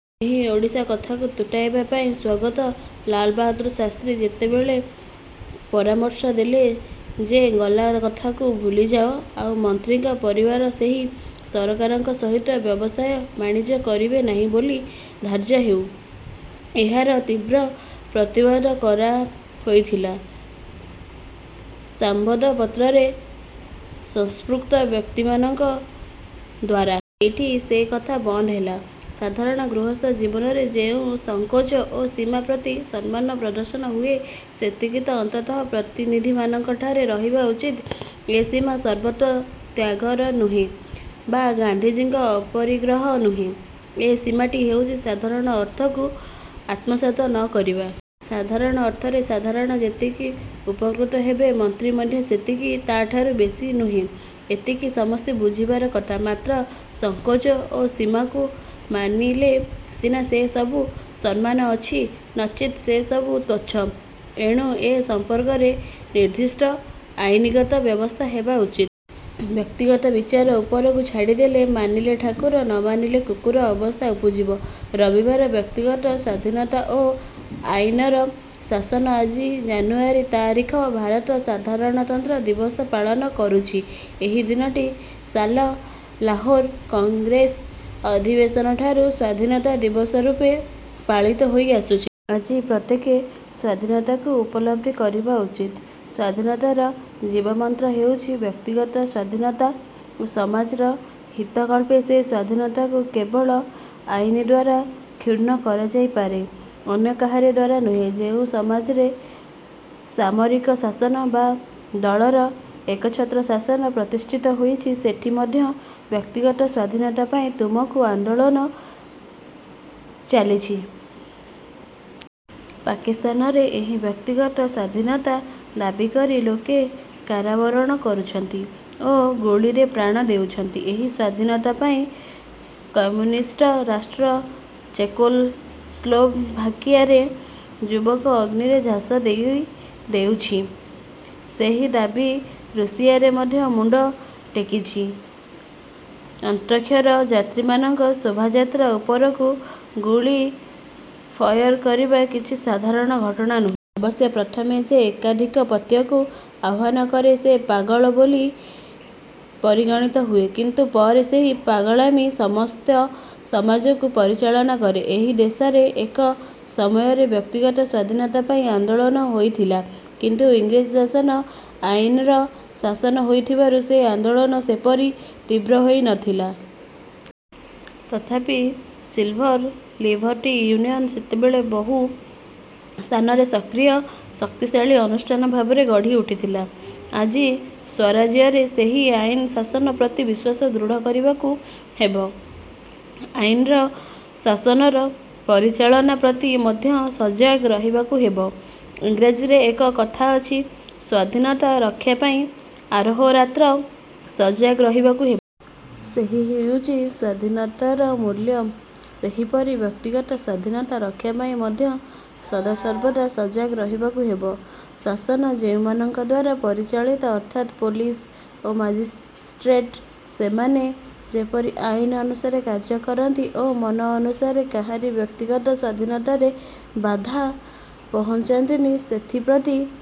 ଏହି ଓଡ଼ିଶା କଥାକୁ ତୁଟାଇବା ପାଇଁ ସ୍ୱର୍ଗତ ଲାଲବାହାଦୂର ଶାସ୍ତ୍ରୀ ଯେତେବେଳେ ପରାମର୍ଶ ଦେଲେ ଯେ ଗଲାକଥାକୁ ଭୁଲିଯାଇ ଆଉ ମନ୍ତ୍ରୀଙ୍କ ପରିବାର କେହି ସରକାରଙ୍କ ସହିତ ବ୍ୟବସାୟ ବାଣିଜ୍ୟ କରିବେ ନାହିଁ ବୋଲି ଧାର୍ଯ୍ୟ ହେଉ। ଏହାର ତୀବ୍ର ପ୍ରତିବାଦ କରାହୋଇଥିଲା ସମ୍ବାଦପତ୍ରରେ ସଂପୃକ୍ତ ବ୍ୟକ୍ତିମାନଙ୍କ ଦ୍ୱାରା। ସେଇଠି ସେ କଥା ବନ୍ଦ ହେଲା। ସାଧାରଣ ଗୃହସ୍ଥ ଜୀବନରେ ଯେଉଁ ସଂକୋଚ ଓ ସୀମା ପ୍ରତି ସମ୍ମାନ ପ୍ରଦର୍ଶନ ହୁଏ ସେତିକି ତ ଅନ୍ତତଃ ପ୍ରତିନିଧିମାନଙ୍କଠାରେ ରହିବା ଉଚିତ। ଏ ସୀମା ସର୍ବସ୍ୱ ତ୍ୟାଗର ନୁହେଁ ବା ଗାନ୍ଧିଜୀଙ୍କ ଅପରିଗ୍ରହ ନୁହେଁ। ଏ ସୀମାଟି ହେଉଛି ସାଧାରଣ ଅର୍ଥକୁ ଆତ୍ମସାତ ନ କରିବା। ସାଧାରଣ ଅର୍ଥରେ ସାଧାରଣ ଯେତିକି ଉପକୃତ ହେବେ ମନ୍ତ୍ରୀ ମଧ୍ୟ ସେତିକି; ତା'ଠାରୁ ବେଶି ନୁହେଁ। ଏତିକି ସମସ୍ତେ ବୁଝିବାର କଥା। ମାତ୍ର ସଂକୋଚ ଓ ସୀମାକୁ ମାନିଲେ ସିନା ସେ ସବୁର ସମ୍ମାନ ଅଛି। ନଚେତ୍ ସେ ସବୁ ତୁଚ୍ଛ। ଏଣୁ ଏ ସମ୍ପର୍କରେ ନିର୍ଦ୍ଦିଷ୍ଟ ଆଇନଗତ ବ୍ୟବସ୍ଥା ହେବା ଉଚିତ। ବ୍ୟକ୍ତିଗତ ବିଚାର ଉପରକୁ ଛାଡ଼ିଦେଲେ ''ମାନିଲେ ଠାକୁର ନ ମାନିଲେ କୁକୁର'' ଅବସ୍ଥା ଉପୁଜିବ। ରବିବାର ବ୍ୟକ୍ତିଗତ ସ୍ୱାଧୀନତା ଓ ଆଇନର ଶାସନ ଆଜି ଜାନୁଆରୀ ତା ରିଖ ଭାରତ ସାଧାରଣତନ୍ତ୍ର ଦିବସ ପାଳନ କରୁଛି। ଏହି ଦିନଟି ସାଲ ଲାହୋର କଂଗ୍ରେସ ଅଧିବେଶନଠାରୁ ସ୍ୱାଧୀନତା ଦିବସରୂପେ ପାଳିତ ହୋଇ ଆସୁଛି। ଆଜି ପ୍ରତ୍ୟେକେ ସ୍ୱାଧୀନତାକୁ ଉପଲବ୍ଧି କରିବା ଉଚିତ। ସ୍ୱାଧୀନତାର ବୀଜମନ୍ତ୍ର ହେଉଛି ବ୍ୟକ୍ତିଗତ ସ୍ୱାଧୀନତା। ସମାଜର ହିତ କଳ୍ପେ ସେ ସ୍ୱାଧୀନତାକୁ କେବଳ ଆଇନଦ୍ୱାରା। କ୍ଷୁଣ୍ଣ କରାଯାଇପାରେ, ଅନ୍ୟ କାହାରି ଦ୍ୱାରା ନୁହେଁ। ଯେଉଁ ସମାଜରେ ସାମରିକ ଶାସନ ବା ଦଳର ଏକଛତ୍ର ଶାସନ ପ୍ରତିଷ୍ଠିତ ହୋଇଛି ସେଠି ମଧ୍ୟ ବ୍ୟକ୍ତିଗତ ସ୍ୱାଧୀନତା ପାଇଁ ତୁମୁଳ ଆନ୍ଦୋଳନ ଚାଲିଛି। ପାକିସ୍ତାନରେ ଏହି ବ୍ୟକ୍ତିଗତ ସ୍ୱାଧୀନତା ଦାବିକରି ଲୋକେ କାରାବରଣ କରୁଛନ୍ତି ଓ ଗୁଳିରେ ପ୍ରାଣ ଦେଉଛନ୍ତି। ଏହି ସ୍ୱାଧୀନତା ପାଇଁ କମ୍ୟୁନିଷ୍ଟ ରାଷ୍ଟ୍ର ଚେକୋସ୍ଲୋଭାକିଆରେ ଯୁବକ ଅଗ୍ନିରେ ଝାସ ଦେଇ ଦେଉଛି। ସେହି ଦାବି ରୁଷିଆରେ ମଧ୍ୟ ମୁଣ୍ଡ ଟେକିଛି। ଅନ୍ତରୀକ୍ଷ ଯାତ୍ରୀମାନଙ୍କ ଶୋଭାଯାତ୍ରା ଉପରକୁ ଗୁଳି ଫଏର କରିବା କିଛି ସାଧାରଣ ଘଟଣା ନୁହେଁ। ଅବଶ୍ୟ ପ୍ରଥମେ ଯେ ଏକାଧିପତ୍ୟକୁ ଆହ୍ୱାନ କରେ ସେ ପାଗଳ ବୋଲି ପରିଗଣିତ ହୁଏ; କିନ୍ତୁ ପରେ ସେହି ପାଗଳାମି ସମସ୍ତ ସମାଜକୁ ପରିଚାଳନା କରେ। ଏହି ଦେଶରେ ଏକ ସମୟରେ ବ୍ୟକ୍ତିଗତ ସ୍ୱାଧୀନତା ପାଇଁ ଆନ୍ଦୋଳନ ହୋଇଥିଲା। କିନ୍ତୁ ଇଂରେଜ ଶାସନ ଆଇନର ଶାସନ ହୋଇଥିବାରୁ ସେ ଆନ୍ଦୋଳନ ସେପରି ତୀବ୍ର ହୋଇ ନଥିଲା। ତଥାପି ସିଭିଲ ଲିବର୍ଟି ୟୁନିଅନ ସେତେବେଳେ ବହୁ ସ୍ଥାନରେ ସକ୍ରିୟ ଶକ୍ତିଶାଳୀ ଅନୁଷ୍ଠାନ ଭାବରେ ଗଢ଼ି ଉଠିଥିଲା। ଆଜି ସ୍ୱରାଜ୍ୟରେ ସେହି ଆଇନର ଶାସନ ପ୍ରତି ବିଶ୍ୱାସ ଦୃଢ଼ କରିବାକୁ ହେବ। ଆଇନର ଶାସନର ପରିଚାଳନା ପ୍ରତି ମଦ୍ୟ ସଜାଗ ରହିବାକୁ ହେବ। ଇଂରେଜୀରେ ଏକ କଥା ଅଛି- ସ୍ୱାଧୀନତା ରକ୍ଷାପାଇଁ ଆହୋରାତ୍ର ସଜାଗ ରହିବାକୁ ହେବ। ସେହି ହେଉଛି ସ୍ୱାଧୀନତାର ମୂଲ୍ୟ। ସେହିପରି ବ୍ୟକ୍ତିଗତ ସ୍ୱାଧୀନତା ରକ୍ଷା ପାଇଁ ମଧ୍ୟ ସଦାସର୍ବଦା ସଜାଗ ରହିବାକୁ ହେବ। ଶାସନ ଯେଉଁମାନଙ୍କ ଦ୍ୱାରା ପରିଚାଳିତ ଅର୍ଥାତ୍ ପୋଲିସ ଓ ମାଜିଷ୍ଟ୍ରେଟ ସେମାନେ ଯେପରି ଆଇନ ଅନୁସାରେ କାର୍ଯ୍ୟ କରନ୍ତି ଓ ମନ ଅନୁସାରେ କାହାରି ବ୍ୟକ୍ତିଗତ ସ୍ୱାଧୀନତାରେ ବାଧା ନ ପହୁଞ୍ଚାନ୍ତି ସେଥିପ୍ରତି